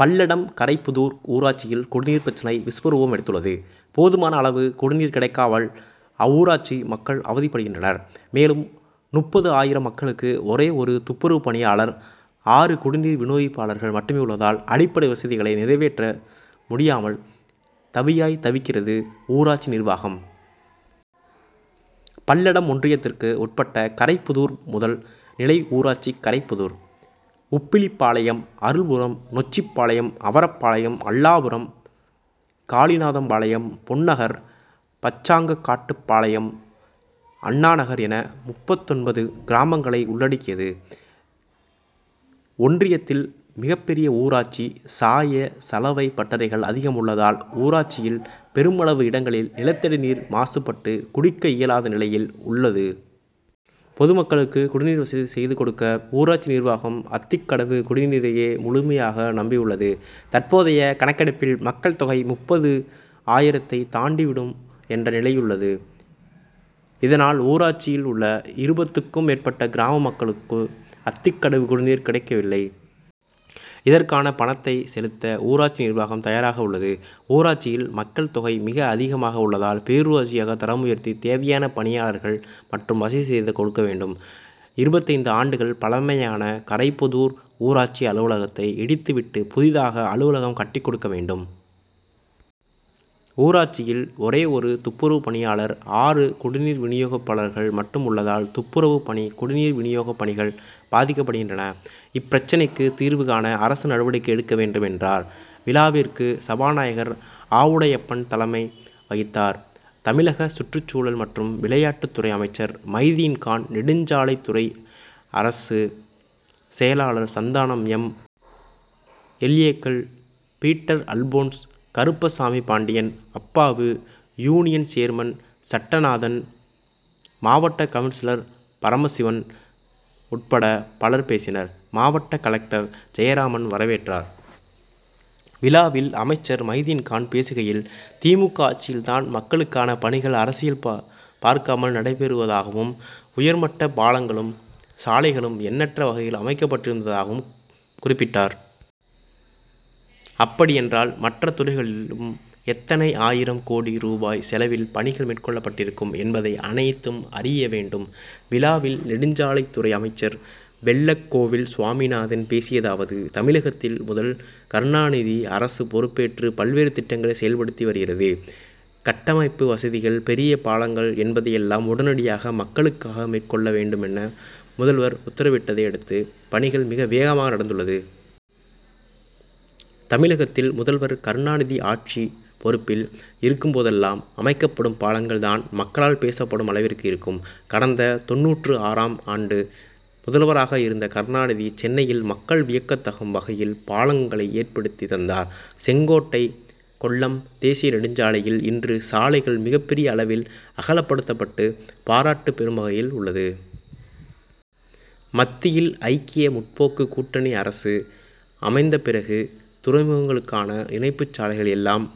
பல்லடம் கரைப்புதூர் ஊராட்சியில் குடிநீர் பிரச்னை விஸ்வரூபம் எடுத்துள்ளது; போதுமான அளவு குடிநீர் கிடைக்காமல், அவ்வூராட்சி மக்கள் அவதிப்படுகின்றனர். மேலும், முப்பது ஆயிரம் மக்களுக்கு ஒரே ஒரு துப்புரவு பணியாளர், ஆறு குடிநீர் வினியோகிப்பாளர்கள் மட்டும் உள்ளதால், அடிப்படை வசதிகளை நிறைவேற்ற டியாமல் தவியாய், தவிக்கிறது, ஊராட்சி நிர்வாகம். பல்லடம் ஒன்றியத்திற்கு உட்பட்ட கரைப்புதூர் முதல் நிலை ஊராட்சி கரைப் புதூர், உப்பிலிபாளையம், அருள்புரம், நொச்சிபாளையம், அவரப்பாளையம், அல்லாளபுரம், காளிநாதம்பாளையம், பொன் நகர், பாச்சாங்காட்டுப்பாளையம், அண்ணா நகர் என முப்பத்தொன்பது கிராமங்களை உள்ளடக்கியது ஒன்றியத்தில் மிகப்பெரிய ஊராட்சி. சாய, சலவை பட்டறைகள் அதிகம் உள்ளதால், ஊராட்சியில் பெருமளவு இடங்களில் நிலத்தடி நீர் மாசுபட்டு குடிக்க இயலாத நிலையில் உள்ளது. பொதுமக்களுக்கு குடிநீர் வசதி செய்து கொடுக்க, ஊராட்சி நிர்வாகம் அத்திக் கடவு குடிநீரையே முழுமையாக நம்பி யுள்ளது. தற்போதைய கணக்கெடுப்பில், மக்கள் தொகை முப்பது ஆயிரத்தை தாண்டி விடும் என்ற நிலையுள்ளது. இதனால், ஊராட்சியில் உள்ள இருபத்துக்கும் மேற்பட்ட கிராம மக்களுக்கு அத்திக்கடவு குடிநீர் கிடைக்கவில்லை. இதற்கான பணத்தை செலுத்த ஊராட்சி நிர்வாகம் தயாராக உள்ளது. ஊராட்சியில் மக்கள் தொகை மிக அதிகமாக உள்ளதால், பேரூராட்சியாக தரம் உயர்த்தி தேவையான பணியாளர்கள் மற்றும் வசதி செய்து கொடுக்க வேண்டும். இருபத்தைந்து ஆண்டுகள் பழமையான கரைப்புதூர் ஊராட்சி அலுவலகத்தை இடித்துவிட்டு, புதிதாக அலுவலகம் கட்டிக்கொடுக்க வேண்டும். ஊராட்சியில் ஒரே ஒரு துப்புரவு பணியாளர், ஆறு குடிநீர் வினியோகப்பாளர்கள் மட்டும் உள்ளதால், துப்புரவு பணி, குடிநீர் வினியோக பணி கள் பாதிக்கப்படுகின்றன. இப் பிரச்னைக்கு தீர்வு காண அரசு நடவடிக்கை எடுக்க வேண்டும், என்றார். விழாவிற்கு சபாநாயகர் ஆவுடையப்பன் தலைமை வகித்தார். தமிழக சுற்றுச்சூழல் மற்றும் விளையாட்டுத்துறை அமைச்சர் மைதீன்கான், நெடுஞ்சாலைத்துறை அரசு செயலாளர் சந்தானம், எம். எல். ஏ.,கள் பீட்டர் அல்போன்ஸ், கருப்பசாமிபாண்டியன், அப்பாவு, யூனியன் சேர்மன் சட்டநாதன், மாவட்ட கவுன்சிலர் பரமசிவன் உட்பட பலர் பேசினர். மாவட்ட கலெக்டர் ஜெயராமன் வரவேற்றார். விழாவில் அமைச்சர் மைதீன்கான் பேசுகையில்: திமுக ஆட்சியில்தான் மக்களுக்கான பணிகள் அரசியல் பார்க்காமல் நடைபெறுவதாகவும், உயர்மட்ட பாலங்களும், சாலைகளும் எண்ணற்ற வகையில் அமைக்கப்பட்டிருப்பதாகவும் குறிப்பிட்டார். அப்படி என்றால் மற்ற துறைகளிலும் எத்தனை ஆயிரம் கோடி ரூபாய் செலவில் பணிகள் மேற்கொள்ளப்பட்டிருக்கும் என்பதை அனைவரும் அறிய வேண்டும். விழாவில் நெடுஞ்சாலைத்துறை அமைச்சர் வெள்ளக்கோவில் சுவாமிநாதன் பேசியதாவது:-தமிழகத்தில் முதல்வர் கருணாநிதி அரசு பொறுப்பேற்று பல்வேறு திட்டங்களை செயல்படுத்தி வருகிறது. கட்டமைப்பு வசதிகள், பெரிய பாலங்கள் என்பதையெல்லாம் உடனடியாக மக்களுக்காக மேற்கொள்ள வேண்டுமென முதல்வர் உத்தரவிட்டதையடுத்து பணிகள் மிக வேகமாக நடந்துள்ளது. தமிழகத்தில் முதல்வர் கருணாநிதி ஆட்சி பொறுப்பில் இருக்கும்போதெல்லாம் அமைக்கப்படும் பாலங்கள் தான் மக்களால் பேசப்படும் அளவிற்கு இருக்கும். கடந்த தொண்ணூற்று ஆறாம் ஆண்டு முதல்வராக இருந்த கருணாநிதி சென்னையில் மக்கள் வியக்கதகும் வகையில் பாலங்களை ஏற்படுத்தி தந்தார். செங்கோட்டை கொல்லம் தேசிய நெடுஞ்சாலையில் இன்று சாலைகள் மிகப்பெரிய அளவில் அகலப்படுத்தப்பட்டு பாராட்டு பெரும் வகையில் உள்ளது. மத்தியில் ஐக்கிய முற்போக்கு கூட்டணி அரசு அமைந்தபிறகு துறைமுகங்களுக்கான இணைப்பு சாலைகள் எல்லாம்